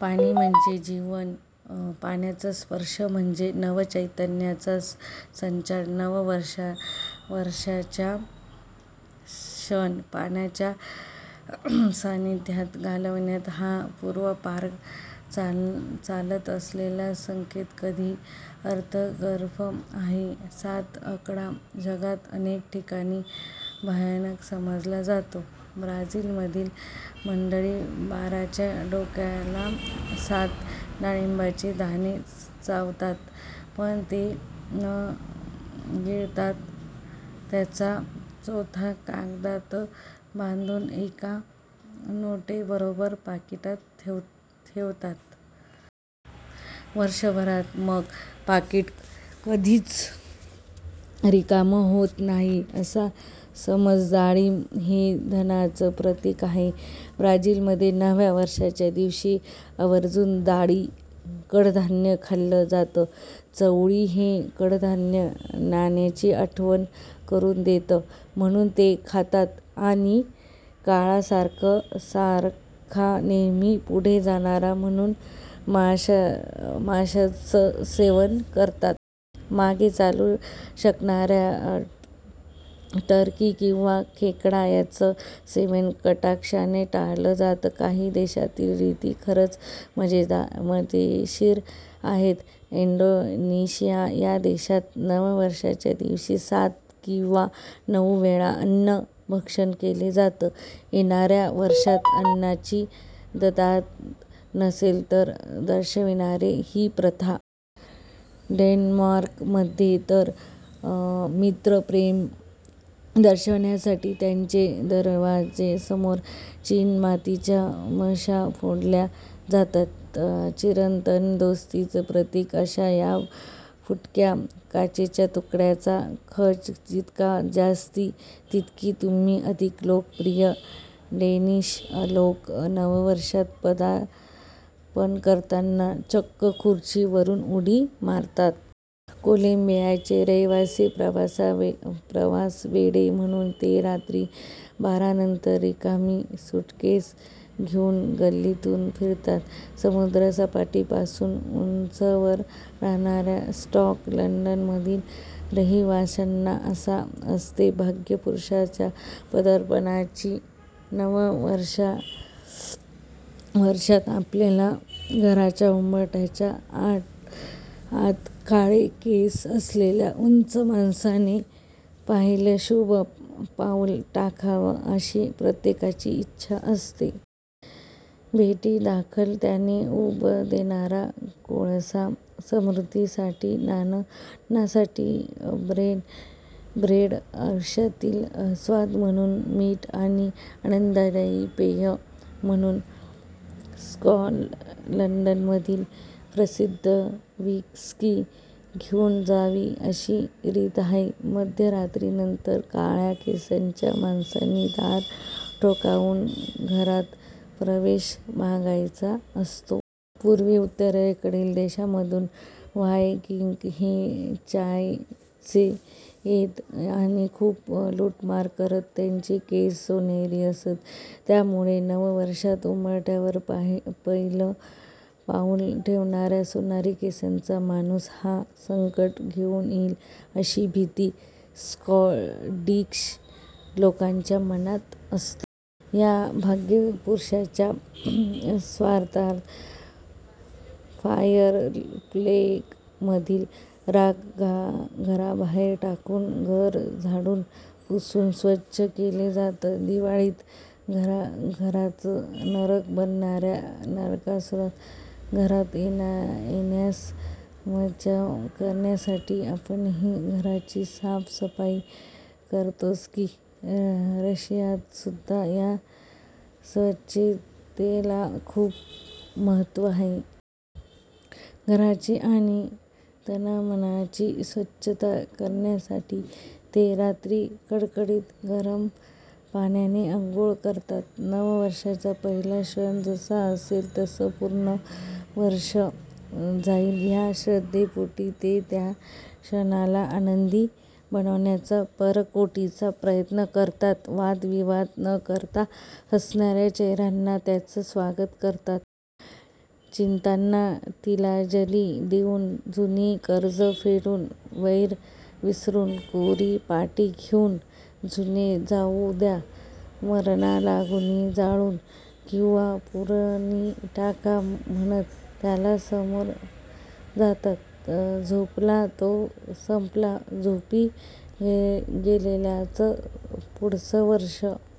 पाणी म्हणजे जीवन. पाण्याचा स्पर्श म्हणजे नवचैतन्याचा संचार! नववर्षाचा क्षण पाण्याच्या सान्निध्यात घालवणं हा पूर्वापार चालत आलेला संकेत किती अर्थगर्भ आहे! सात आकडा जगात अनेक ठिकाणी भाग्यांक समजला जातो. ब्राझीलमधील मंडळी बाराच्या ठोक्याला सात डाळिंबाचे दाणे चावतात, पण ते न गिळता त्याचा चोथा कागदात बांधून एका नोटेबरोबर पाकिटात ठेवतात. वर्षभरात मग पाकीट कधीच रिकामं होत नाही, असा समज! डाळिंब हे धनाचं प्रतीक आहे. ब्राझीलमध्ये नव्या वर्षाच्या दिवशी आवर्जून डाळी, कडधान्य खाल्लं जातं. चवळी हे कडधान्य नाण्याची आठवण करून देतं म्हणून ते खातात आणि काळासारखा नेहमी पुढे जाणारा म्हणून माशाचं सेवन करतात. मागे चालू शकणाऱ्या टर्की किंवा खेकडा यांचं सेवन कटाक्षाने टाळलं जातं. काही देशातील रीती खरंच मजेशीर आहेत. इस्टोनिया या देशात नववर्षाच्या दिवशी सात किंवा नऊ वेळा अन्न भक्षण केलं जातं. येणाऱ्या वर्षात अन्नाची ददात नसेल असं दर्शवणारी ही प्रथा! डेन्मार्कमध्ये तर मित्रप्रेम दर्शवण्यासाठी त्याच्या दरवाजासमोर चिनीमातीच्या बशा फोडल्या जातात. चिरंतन दोस्तीचं प्रतीक अशा या फुटक्या काचांच्या तुकड्यांचा खच जितका जास्ती, तितके तुम्ही अधिक लोकप्रिय. डॅनिश लोक नववर्षात पदार्पण करताना चक्क खुर्चीवरून उडी मारतात. कोलंबियाचे रहिवासी प्रवासवेडे. म्हणून ते रात्री बारानंतर रिकामी सूटकेस घेऊन गल्लीतून फिरतात. समुद्रसपाटीपासून उंचावर राहणाऱ्या स्कॉटलंडमधील रहिवाशांना आस असते भाग्यपुरुषाच्या पदार्पणाची. नववर्षात आपल्या घराच्या उंबरठ्याच्या आत काळे केस असलेल्या उंच माणसाने पहिलं शुभ पाऊल टाकावं अशी प्रत्येकाची इच्छा असते. भेटीदाखल त्याने ऊब देणारा कोळसा, समृद्धीसाठी नाणं, अन्नासाठी ब्रेड, आयुष्यातील स्वाद म्हणून मीठ आणि आनंददायी पेय म्हणून स्कॉटलंडमधील प्रसिद्ध व्हिस्की घेऊन जावी अशी रीत आहे. मध्यरात्रीनंतर काळ्या केसांच्या माणसांनी दार ठोठावून घरात प्रवेश मागायचा असतो. पूर्वी उत्तरेकडील देशांमधून व्हायकिंग हे चाचे येत आणि खूप लूटमार करत. त्यांचे केस सोनेरी असत. त्यामुळे नववर्षात उंबरठ्यावर पहिलं पाऊल ठेवणारा सोनेरी केसांचा माणूस हा संकटं घेऊन येईल अशी भीती स्कॉटिश लोकांच्या मनात असते. या भाग्यपुरुषाच्या स्वागतार्थ फायरप्लेसमधील राख घराबाहेर टाकून, घर झाडून, पुसून स्वच्छ केलं जातं. दिवाळीत घराचं नरक बनवणाऱ्या नरकासुरास घरात येण्यास मज्जाव करण्यासाठी आपणही घराची साफसफाई करतोच की! रशियात सुद्धा या स्वच्छतेला खूप महत्त्व आहे. घराची आणि तनामनाची स्वच्छता करण्यासाठी ते रात्री कडकडीत गरम पाण्याने अंघोळ करतात. नववर्षाचा पहिला क्षण जसा असेल तसं पूर्ण वर्ष जाईल या श्रद्धेपोटी ते त्या क्षणाला आनंदी बनवण्याचा पराकोटीचा प्रयत्न करतात. वादविवाद न करता, हसऱ्या चेहऱ्याने त्याचं स्वागत करतात. चिंतांना तिलांजली देऊन, जुनी कर्जं फेडून, वैर विसरून, कोरी पाटी घेऊन, 'जुने जाऊ द्या मरणालागुनी, जाळून किंवा पुरुनी टाका' म्हणत त्याला सामोरं जातात. 'झोपला तो संपला'! झोपी गेलेल्याचं पुढचं वर्षं